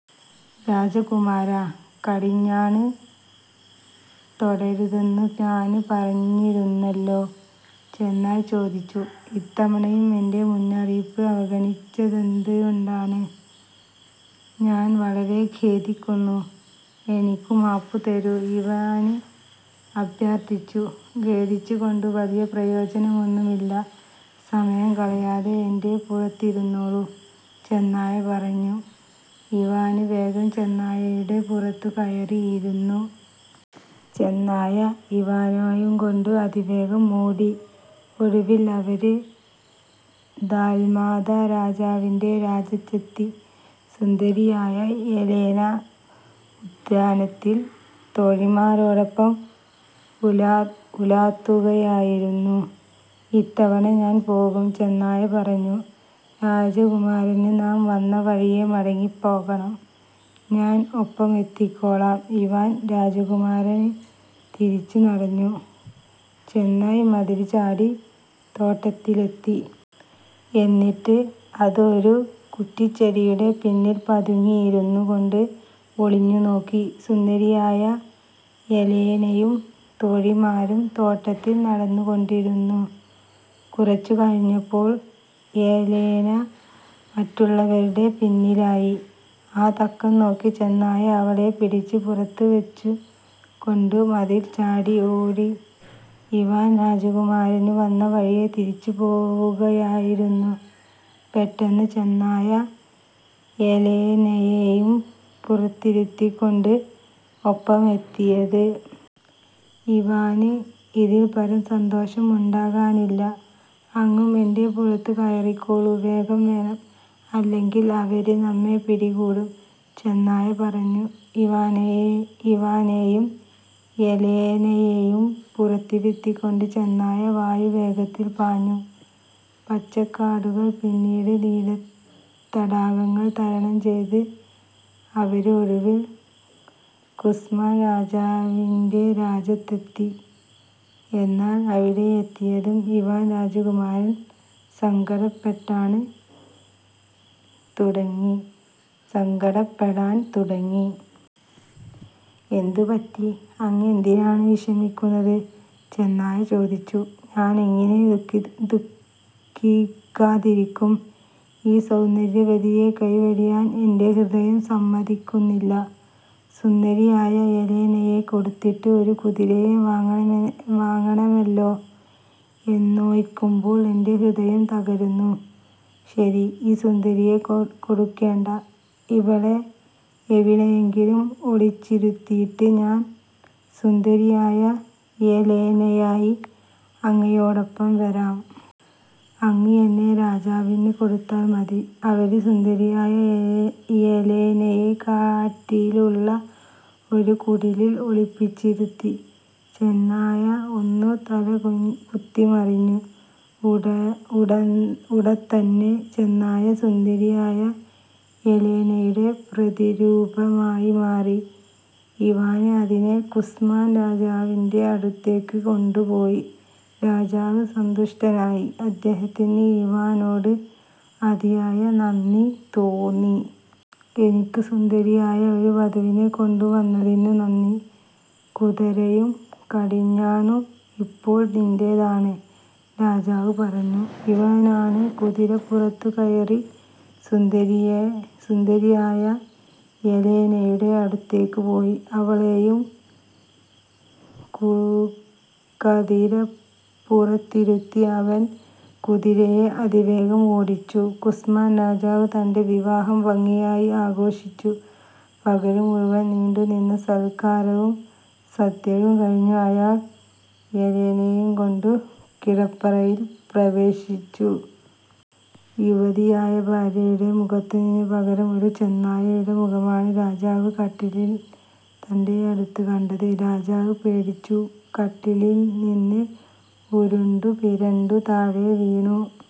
"രാജകുമാരാ, കടിഞ്ഞാണ് തൊടരുതെന്നു ഞാന് പറഞ്ഞിരുന്നല്ലോ! " ചെന്നായ് ചോദിച്ചു. "ഇത്തവണയും എന്റെ മുന്നറിയിപ്പ് അവഗ്രണിച്ചതെന്ത് കൊണ്ടാണ്? " "ഞാന് വളരെ ഖേദിക്കുന്നു. എനിക്കു മാപ്പുതരൂ. " ഇവാന് അഭ്യർത്ഥിച്ചു. "ഖേദിച്ചതുകൊണ്ടു വലിയ പ്രയോജനമൊന്നും ഇല്ല. സമയം കളയാതെ എന്റെ പുറത്തിരുന്നോളൂ" ചെന്നായ പറഞ്ഞു. ഇവാന് വേഗം ചെന്നായയുടെ പുറത്തു കയറി ഇരുന്നു. ചെന്നായ ഇവാനേയുംകൊണ്ടു അതിവേഗം ഓടി. ഒടുവില് അവര് ദാല്മാത രാജാവിന്റെ രാജ്യത്തെത്തി. സുന്ദരിയായ യെലേന ഉദ്യാനത്തില് തോഴിമാരോടൊപ്പം ഉലാത്തുകയായിരുന്നു. "ഇത്തവണ ഞാൻ പോകാം" ചെന്നായ പറഞ്ഞു. "രാജകുമാരന് നാം വന്ന വഴിയെ മടങ്ങിപ്പോകണം. ഞാൻ ഒപ്പമെത്തിക്കോളാം. " ഇവാന് രാജകുമാരന് തിരിച്ചു നടന്നു. ചെന്നായ് മതില് ചാടി തോട്ടത്തിലെത്തി. എന്നിട്ട് അത് ഒരു കുററിച്ചെടിയുടെ പിന്നില് പതുങ്ങിയിരുന്നു കൊണ്ട് ഒളിഞ്ഞുനോക്കി. സുന്ദരിയായ യെലേനയും തോഴിമാരും തോട്ടത്തില് നടന്നുകൊണ്ടിരുന്നു. കുറച്ചുകഴിഞ്ഞപ്പോള് യെലേന മററുള്ളവരുടെ പിന്നിലായി. ആ തക്കംനോക്കി ചെന്നായ അവളെ പിടിച്ച് പുറത്തു വച്ചുകൊണ്ടു മതില് ചാടി ഓടി. ഇവാന് രാജകുമാരന് വന്നവഴിയെ തിരിച്ചുപോവുകയായിരുന്നു. പെട്ടെന്ന് ചെന്നായ യെലേനയേയും പുറത്തിരുത്തിക്കൊണ്ട് ഒപ്പമെത്തിയത്. ഇവാന് ഇതില്പ്പരം സന്തോഷം ഉണ്ടാകാനില്ല! "അങ്ങും എന്റെപുറത്തു കയറിക്കോളൂ. വേഗം വേണം. അല്ലെങ്കില് അവര് നമ്മെ പിടികൂടും" ചെന്നായ പറഞ്ഞു. ഇവാനെയും യെലേനയേയും പുറത്തിരുത്തിക്കൊണ്ട് ചെന്നായ വായുവേഗത്തില് പാഞ്ഞു. പച്ചക്കാടുകള് പിന്നിട്ട് നീലത്തടാകങ്ങള് തരണം ചെയ്ത് അവര് ഒടുവില് കുസ്മാന് രാജാവിന്റെ രാജ്യത്തെത്തി. എന്നാല് അവിടെയെത്തിയതും ഇവാന് രാജകുമാരന് സങ്കടപ്പെടാന് തുടങ്ങി. "എന്തു പറ്റി? അങ്ങേന്തിനാണ് വിഷമിക്കുന്നത്? " ചെന്നായ ചോദിച്ചു. "ഞാനെങ്ങിനെ ദുഃഖിക്കാതിരിക്കും? ഈ സൌന്ദര്യവതിയെ കൈവെടിയാന് എന്റെ ഹൃദയം സമ്മതിക്കുന്നില്ല. സുന്ദരിയായ യെലേനയെ കൊടുത്തിട്ട് ഒരു കുതിരയെ വാങ്ങണമല്ലോ എന്നോര്ക്കുമ്പോള് എന്റെ ഹൃദയം തകരുന്നു. " "ശരി. ഈ സുന്ദരിയെ കൊടുക്കേണ്ട. ഇവളെ എവിടെയെങ്കിലും ഒളിച്ചിരുത്തിയിട്ട് ഞാൻ സുന്ദരിയായ യെലേനയായി അങ്ങയോടൊപ്പം വരാം. അങ്ങ് എന്നെ രാജാവിന് കൊടുത്താൽ മതി. " അവര് സുന്ദരിയായ യെലേനയെ കാട്ടിലുള്ള ഒരു കുടിലില് ഒളിപ്പിച്ചിരുത്തി. ചെന്നായ ഒന്നു തലകുത്തിമറിഞ്ഞു. ഉടന്തന്നെ ചെന്നായ സുന്ദരിയായ യെലേനയുടെ പ്രതിരൂപമായി മാറി! ഇവാന് അതിനെ കുസ്മാന് രാജാവിന്റെ അടുത്തേയ്ക്ക് കൊണ്ടുപോയി. രാജാവ് സന്തുഷ്ടനായി. അദ്ദേഹത്തിന് ഇവാനോട് അതിയായ നന്ദി തോന്നി. "എനിക്ക് സുന്ദരിയായ' ഒരു വധുവിനെ കൊണ്ടുവന്നതിനു നന്ദി. കുതരയും കടിഞ്ഞാണും ഇപ്പോള് നിന്റേതാണ്! " രാജാവു പറഞ്ഞു ഇവാന് കുതിരപ്പുറത്തു കയറി സുന്ദരിയായ യെലേനയുടെ അടുത്തേക്കു പോയി. അവളേയും കതിരപ്പുറത്തിരുത്തി അവന് കുതിരയെ അതിവേഗം ഓടിച്ചു. കുസ്മാന് രാജാവ് തന്റെ വിവാഹം ഭംഗിയായി ആഘോഷിച്ചു. പകൽ മുഴുവന് നീണ്ടുനിന്ന സൽക്കാരവും സദ്യയും കഴിഞ്ഞു അയാള് യെലേനയേയും കൊണ്ടു കിടപ്പറയില് പ്രവേശിച്ചു. യുവതിയായ ഭാര്യയുടെ മുഖത്തിനു പകരം ഒരു ചെന്നായുടെ മുഖമാണ് രാജാവ് കട്ടിലില് തന്റെയടുത്ത് കണ്ടത്. രാജാവ് പേടിച്ചു കട്ടിലില്നിന്നും ഉരുണ്ടു പിരണ്ടു താഴെ വീണു.